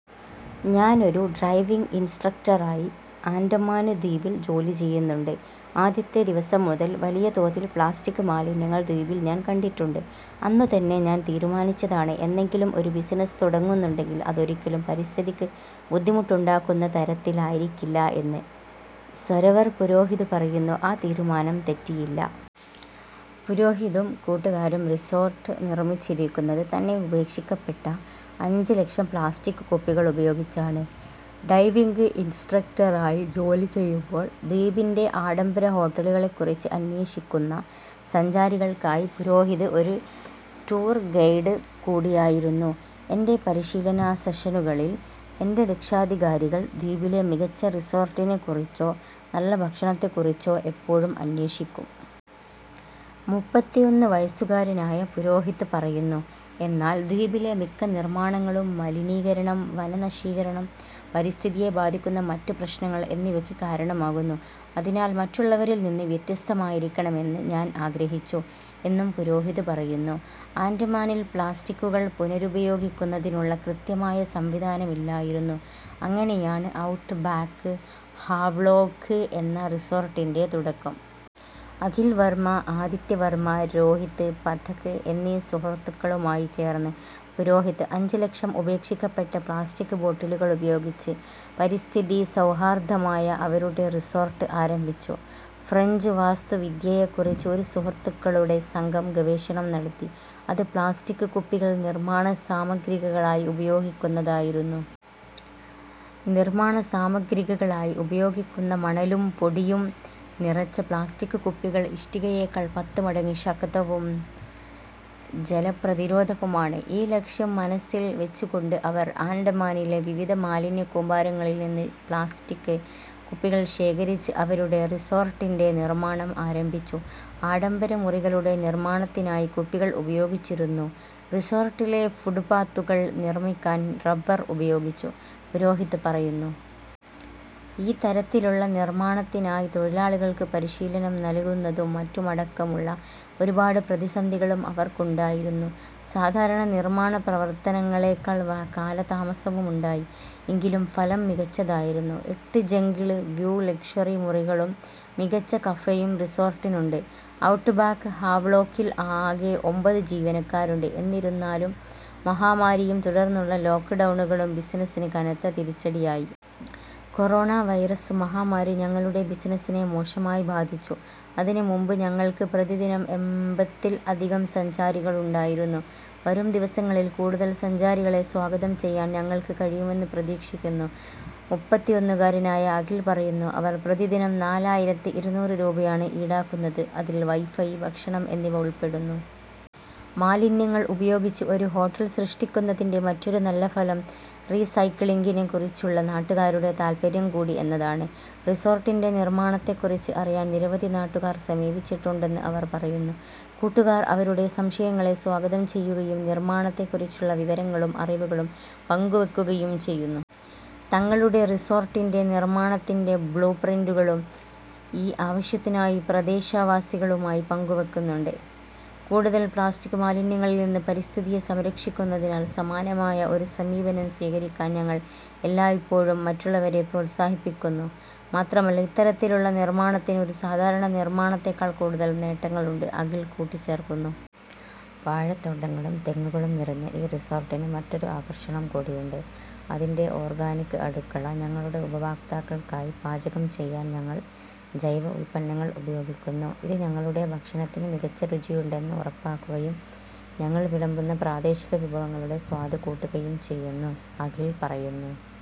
ഞാനൊരു ഡൈവിംഗ് ഇന്‍സ്ട്രക്ടറായി ആന്‍ഡമാന് ദ്വീപില്‍ ജോലി ചെയ്യുന്നുണ്ട്. ആദ്യത്തെ ദിവസം മുതല്‍ വലിയ തോതില്‍ പ്ലാസ്റ്റിക് മാലിന്യങ്ങള്‍ ദ്വീപില്‍ ഞാന്‍ കണ്ടിട്ടുണ്ട്. അന്നുതന്നെ ഞാന്‍ തീരുമാനിച്ചതാണ് എന്നെങ്കിലും ഒരു ബിസിനസ് തുടങ്ങുന്നുണ്ടെങ്കില്‍ അതൊരിക്കലും പരിസ്ഥിതിക്ക് ബുദ്ധിമുട്ടുണ്ടാക്കുന്ന തരത്തിലായിരിക്കില്ല എന്ന് -സൊരവർ പുരോഹിത് പറയുന്നു. ആ തീരുമാനം തെറ്റിയില്ല. പുരോഹിതും കൂട്ടുകാരും റിസോർട്ട് നിർമ്മിച്ചിരിക്കുന്നത് തന്നെ ഉപേക്ഷിക്കപ്പെട്ട അഞ്ച് ലക്ഷം പ്ലാസ്റ്റിക് കുപ്പികളുപയോഗിച്ചാണ്. ഡൈവിംഗ് ഇൻസ്ട്രക്ടറായി ജോലിചെയ്യുമ്പോൾ, ദ്വീപിന്‍റെ ആഡംബര ഹോട്ടലുകളെക്കുറിച്ച് അന്വേഷിക്കുന്ന സഞ്ചാരികൾക്കായി പുരോഹിത് ഒരു ടൂർ ഗൈഡ് കൂടിയായിരുന്നു. " എന്‍റെ പരിശീലന സെഷനുകളിൽ, എന്‍റെ രക്ഷാധികാരികൾ ദ്വീപിലെ മികച്ച റിസോർട്ടിനെക്കുറിച്ചോ നല്ല ഭക്ഷണത്തെക്കുറിച്ചോ എപ്പോഴും അന്വേഷിക്കും. മൂപ്പത്തിഒന്നു വയസുകാരനായ പുരോഹിത് പറയുന്നു, " എന്നാൽ ദ്വീപിലെ മിക്ക നിർമ്മാണങ്ങളും മലിനീകരണം, വനനശീകരണം, പരിസ്ഥിതിയെ ബാധിക്കുന്ന മറ്റ് പ്രശ്നങ്ങൾ എന്നിവയ്ക്ക് കാരണമാകുന്നു. അതിനാൽ, മറ്റുള്ളവരിൽ നിന്ന് വ്യത്യസ്തമായിരിക്കണമെന്ന് ഞാൻ ആഗ്രഹിച്ചു. " എന്നും പുരോഹിത് പറയുന്നു. ആന്‍ഡമാനില്‍ പ്ലാസ്റ്റിക്കുകൾ പുനരുപയോഗിക്കുന്നതിനുള്ള കൃത്യമായ സംവിധാനമില്ലായിരുന്നു. അങ്ങനെയാണ് ഔട്ട്ബാക്ക് ഹാവ്ലോക്ക് എന്ന റിസോര്‍ട്ടിന്‍റെ തുടക്കം. അഖിൽ വര്‍മ, ആദിത്യ വര്‍മ, രോഹിത് പഥക് എന്നീ സുഹൃത്തുക്കളുമായി ചേര്‍ന്ന് പുരോഹിത് അഞ്ച് ലക്ഷം ഉപേക്ഷിക്കപ്പെട്ട പ്ലാസ്റ്റിക് ബോട്ടിലുകളുപയോഗിച്ച് പരിസ്ഥിതി സൗഹാർദ്ദമായ അവരുടെ റിസോര്‍ട്ട് ആരംഭിച്ചു. ഫ്രഞ്ച് വാസ്തുവിദ്യയെക്കുറിച്ച് ആ സുഹൃത്തുക്കളുടെ സംഘം ഗവേഷണം നടത്തി, അത് പ്ലാസ്റ്റിക് കുപ്പികൾ നിർമ്മാണ സാമഗ്രികളായി ഉപയോഗിക്കുന്നതായിരുന്നു. നിർമ്മാണ സാമഗ്രികളായി ഉപയോഗിക്കുന്ന മണലും പൊടിയും നിറച്ച പ്ലാസ്റ്റിക് കുപ്പികൾ ഇഷ്ടികയേക്കാൾ പത്ത് മടങ്ങ് ശക്തവും ജലപ്രതിരോധവുമാണ്. ഈ ലക്ഷം മനസ്സിൽ വെച്ചുകൊണ്ട് അവർ ആൻഡമാനിലെ വിവിധ മാലിന്യക്കൂമ്പാരങ്ങളിൽ നിന്ന് പ്ലാസ്റ്റിക് കുപ്പികൾ ശേഖരിച്ച് അവരുടെ റിസോർട്ടിന്റെ നിർമ്മാണം ആരംഭിച്ചു. ആഡംബര മുറികളുടെ നിർമ്മാണത്തിനായി കുപ്പികൾ ഉപയോഗിച്ചിരുന്നു, റിസോർട്ടിലെ ഫുട്പാത്തുകൾ നിർമ്മിക്കാൻ റബ്ബർ ഉപയോഗിച്ചു -പുരോഹിത് പറയുന്നു. ഈ തരത്തിലുള്ള നിര്‍മ്മാണത്തിനായി തൊഴിലാളികള്‍ക്ക് പരിശീലനം നല്കുന്നതും മറ്റുമടക്കമുള്ള ഒരുപാട് പ്രതിസന്ധികളും അവർക്കുണ്ടായിരുന്നു. സാധാരണ നിര്‍മാണ പ്രവര്‍ത്തനങ്ങളേക്കാള്‍ വ കാലതാമസവുമുണ്ടായി. എങ്കിലും ഫലം മികച്ചതായിരുന്നു. എട്ട് ജംഗിള് വ്യൂ ലക്ഷ്വറി മുറികളും മികച്ച കഫേയും റിസോര്‍ട്ടിനുണ്ട്. ഔട്ട്ബാക്ക് ഹാവ്ലോക്കിൽ ആകെ ഒമ്പത് ജീവനക്കാരുണ്ട്. എന്നിരുന്നാലും, മഹാമാരിയും തുടർന്നുള്ള ലോക്ക്ഡൌണുകളും ബിസിനസിന് കനത്ത തിരിച്ചടിയായി. '' കൊറോണ വൈറസ് മഹാമാരി ഞങ്ങളുടെ ബിസിനസിനെ മോശമായി ബാധിച്ചു. അതിന് മുമ്പ് ഞങ്ങൾക്ക് പ്രതിദിനം എമ്പത്തിൽ അധികം സഞ്ചാരികളുണ്ടായിരുന്നു. വരും ദിവസങ്ങളിൽ കൂടുതൽ സഞ്ചാരികളെ സ്വാഗതം ചെയ്യാൻ ഞങ്ങൾക്ക് കഴിയുമെന്ന് പ്രതീക്ഷിക്കുന്നു " മൂപ്പത്തിഒന്നു കാരനായ അഖിൽ പറയുന്നു. അവർ പ്രതിദിനം നാലായിരത്തിഇരുനൂറ് രൂപയാണ് ഈടാക്കുന്നത്, അതിൽ വൈഫൈ, ഭക്ഷണം എന്നിവ ഉൾപ്പെടുന്നു. മാലിന്യങ്ങൾ ഉപയോഗിച്ച് ഒരു ഹോട്ടൽ സൃഷ്ടിക്കുന്നതിന്‍റെ മറ്റൊരു നല്ല ഫലം റീസൈക്ലിംഗിനെക്കുറിച്ചുള്ള നാട്ടുകാരുടെ താൽപ്പര്യം കൂടി എന്നതാണ്. റിസോർട്ടിന്റെ നിർമ്മാണത്തെക്കുറിച്ച് അറിയാൻ നിരവധി നാട്ടുകാർ സമീപിച്ചിട്ടുണ്ടെന്ന് അവര്‍ പറയുന്നു. കൂട്ടുകാര്‍ അവരുടെ സംശയങ്ങളെ സ്വാഗതം ചെയ്യുകയും നിര്‍മാണത്തെ കുറിച്ചുള്ള വിവരങ്ങളും അറിവുകളും പങ്ക് വെക്കുകയും ചെയ്യുന്നു. തങ്ങളുടെ റിസോർട്ടിന്റെ നിർമ്മാണത്തിന്റെ ബ്ലൂപ്രിന്റുകളും ഈ ആവശ്യത്തിനായി പ്രദേശവാസികളുമായി പങ്കുവയ്ക്കുന്നുണ്ട്. " കൂടുതൽ പ്ലാസ്റ്റിക് മാലിന്യങ്ങളിൽ നിന്ന് പരിസ്ഥിതിയെ സംരക്ഷിക്കുന്നതിനാൽ സമാനമായ ഒരു സമീപനം സ്വീകരിക്കാൻ ഞങ്ങൾ എല്ലായ്പ്പോഴും മറ്റുള്ളവരെ പ്രോത്സാഹിപ്പിക്കുന്നു. മാത്രമല്ല, ഇത്തരത്തിലുള്ള നിർമ്മാണത്തിന് ഒരു സാധാരണ നിർമ്മാണത്തേക്കാൾ കൂടുതൽ നേട്ടങ്ങളുണ്ട് " അഖിൽ കൂട്ടിച്ചേർക്കുന്നു. വാഴത്തോട്ടങ്ങളും തെങ്ങുകളും നിറഞ്ഞ ഈ റിസോർട്ടിന് മറ്റൊരു ആകര്‍ഷണം കൂടിയുണ്ട് അതിന്‍റെ ഓർഗാനിക് അടുക്കള. " ഞങ്ങളുടെ ഉപഭോക്താക്കൾക്കായി പാചകം ചെയ്യാൻ ഞങ്ങൾ ജൈവ ഉൽപ്പന്നങ്ങൾ ഉപയോഗിക്കുന്നു. ഇത് ഞങ്ങളുടെ ഭക്ഷണത്തിന് മികച്ച രുചിയുണ്ടെന്ന് ഉറപ്പാക്കുകയും ഞങ്ങൾ വിളമ്പുന്ന പ്രാദേശിക വിഭവങ്ങളുടെ സ്വാദ് കൂട്ടുകയും ചെയ്യുന്നു " അഖിൽ പറയുന്നു.